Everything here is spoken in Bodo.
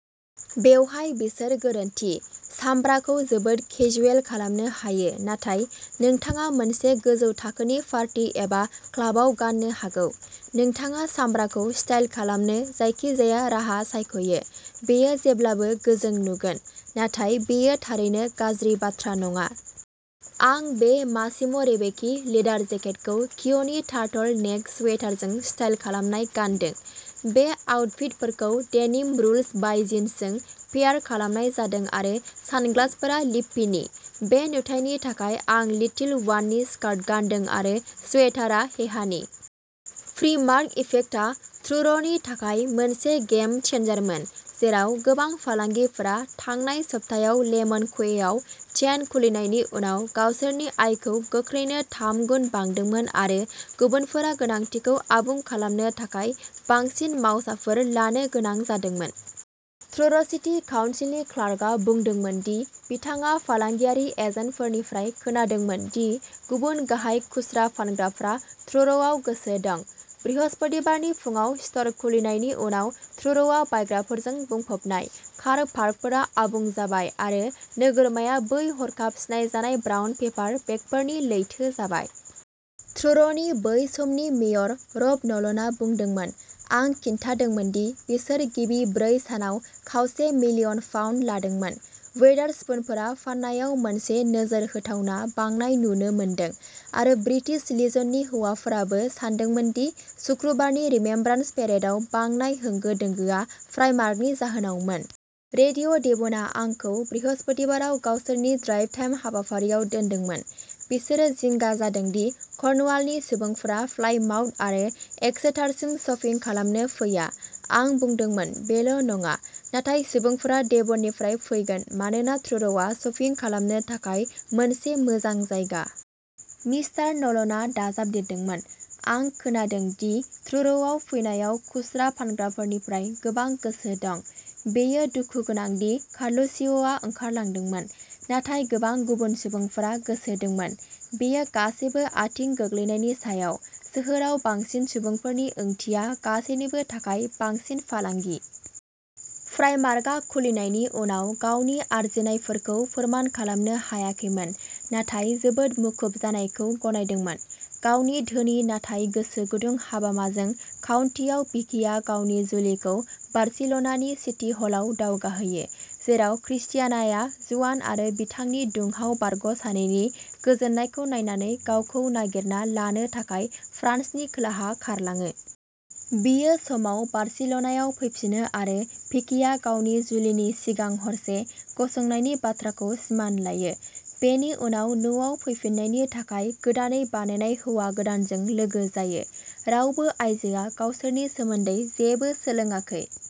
बेवहाय बिसोर गोरोन्थि। सामब्राखौ जोबोद केजुएल खालामनो हायो नाथाय नोंथाङा मोनसे गोजौ थाखोनि पार्टी एबा क्लाबाव गान्नो हागौ। नोंथाङा सामब्राखौ स्टाइल खालामनो जायखिजाया राहा सायख'यो, बेयो जेब्लाबो गोजों नुगोन, नाथाय बेयो थारैनो गाज्रि बाथ्रा नङा। आं बे मासिम'रेबेकि लेदार जेकेटखौ क्यूनि टार्टल नेक स्वेटारजों स्टाइल खालामनाय गानदों। बे आउटफिटफोरखौ डेनिम रुल्स बाइ जिन्सजों पेयार खालामनाय जादों आरो सानग्लासफोरा लिप्पिनि। बे नुथायनि थाखाय आं लिटिल वाननि स्कार्ट गानदों आरो स्वेटारआ हेहानि। "प्रिमार्क इफेक्ट" आ ट्रुर'नि थाखाय मोनसे गेम-चेन्जारमोन, जेराव गोबां फालांगिफोरा थांनाय सप्तायाव लेमन क्वेआव चेन खुलिनायनि उनाव गावसोरनि आयखौ गोख्रैनो थाम गुन बांदोंमोन आरो गुबुनफोरा गोनांथिखौ आबुं खालामनो थाखाय बांसिन मावसाफोर लानो गोनां जादोंमोन। ट्रुर'सिटी काउन्सिलनि क्लार्कआ बुंदोंमोन दि बिथाङा फालांगियारि एजेन्टफोरनिफ्राय खोनादोंमोन दि गुबुन गाहाय खुस्रा फानग्राफ्रा ट्रुर'आव गोसो दं। बृहस्पतिबारनि फुंआव स्ट'र खुलिनायनि उनाव, ट्रुर'आ बायग्राफोरजों बुंफबनाय, कार पार्कफोरा आबुं जाबाय आरो नोगोरमाया बै हरखाब सिनायजानाय ब्राउन पेपार बेगफोरनि लैथो जाबाय। ट्रुर'नि बै समनि मेयर, रब न'लनआ बुंदोंमोनः "आं खिन्थादोंमोन दि बिसोर गिबि ब्रै सानाव खावसे मिलियन पाउन्ड लादोंमोन, वेदारस्पुनफोरा फाननायाव मोनसे'नोजोर होथावना'बांनाय नुनो मोनदों आरो ब्रिटिश लिजननि हौवाफोराबो सानदोंमोन दि सुक्रुबारनि रिमेम्ब्रान्स पेरेडआव बांनाय होंगो-दोंगोआ प्राइमार्कनि जाहोनावमोन। "रेडिय'डेभ'नआ आंखौ बृहस्पतिबाराव गावसोरनि ड्राइभटाइम हाबाफारिआव दोनदोंमोन, बिसोरो जिंगा जादों दि कर्नवालनि सुबुंफोरा प्लायमाउथ आरो एक्सेटारसिम शपिं खालामनो फैया। आं बुंदोंमोन,'बेल'नङा, नाथाय सुबुंफोरा डेभननिफ्राय फैगोन मानोना ट्रुर'आ शपिं खालामनो थाखाय मोनसे मोजां जायगा। " मिस्टार न'लनआ दाजाबदेरदोंमोनः "आं खोनादों दि ट्रुर'आव फैनायाव खुस्रा फानग्राफोरनिफ्राय गोबां गोसो दं। बेयो दुखु गोनां दि कार्लुचिय'आ ओंखारलांदोंमोन, नाथाय गोबां गुबुन सुबुंफोरा गोसो दंमोन। " बेयो गासैबो आथिं गोग्लैनायनि सायाव, सोहोराव बांसिन सुबुंफोरनि ओंथिया गासैनिबो थाखाय बांसिन फालांगि। "प्राइमार्कआ खुलिनायनि उनाव गावनि आर्जिनायफोरखौ फोरमान खालामनो हायाखैमोन नाथाय जोबोद मुखुब जानायखौ गनायदोंमोन। गावनि धोनि नाथाय गोसो गुदुं हाबामाजों काउन्टीआव, भिकिया गावनि जुलिखौ बार्सिल'नानि सिटी हलआव दावगाहोयो, जेराव क्रिस्टियानाया, जुआन आरो बिथांनि दुंहाव बारग'सानैनि गोजोननायखौ नायनानै, गावखौ "नागिरना" लानो थाखाय फ्रान्सनि खोलाहा खारलाङो। बियो समाव बार्सिल'नायाव फैफिनो आरो भिकिया गावनि जुलिनि सिगां हरसे गसंनायनि बाथ्राखौ सिमान लायो, बेनि उनाव न'आव फैफिन्नायनि थाखाय गोदानै बानायनाय हौवा गोदानजों लोगो जायो, रावबो आइजोआ गावसोरनि सोमोन्दै जेबो सोलोंाखै।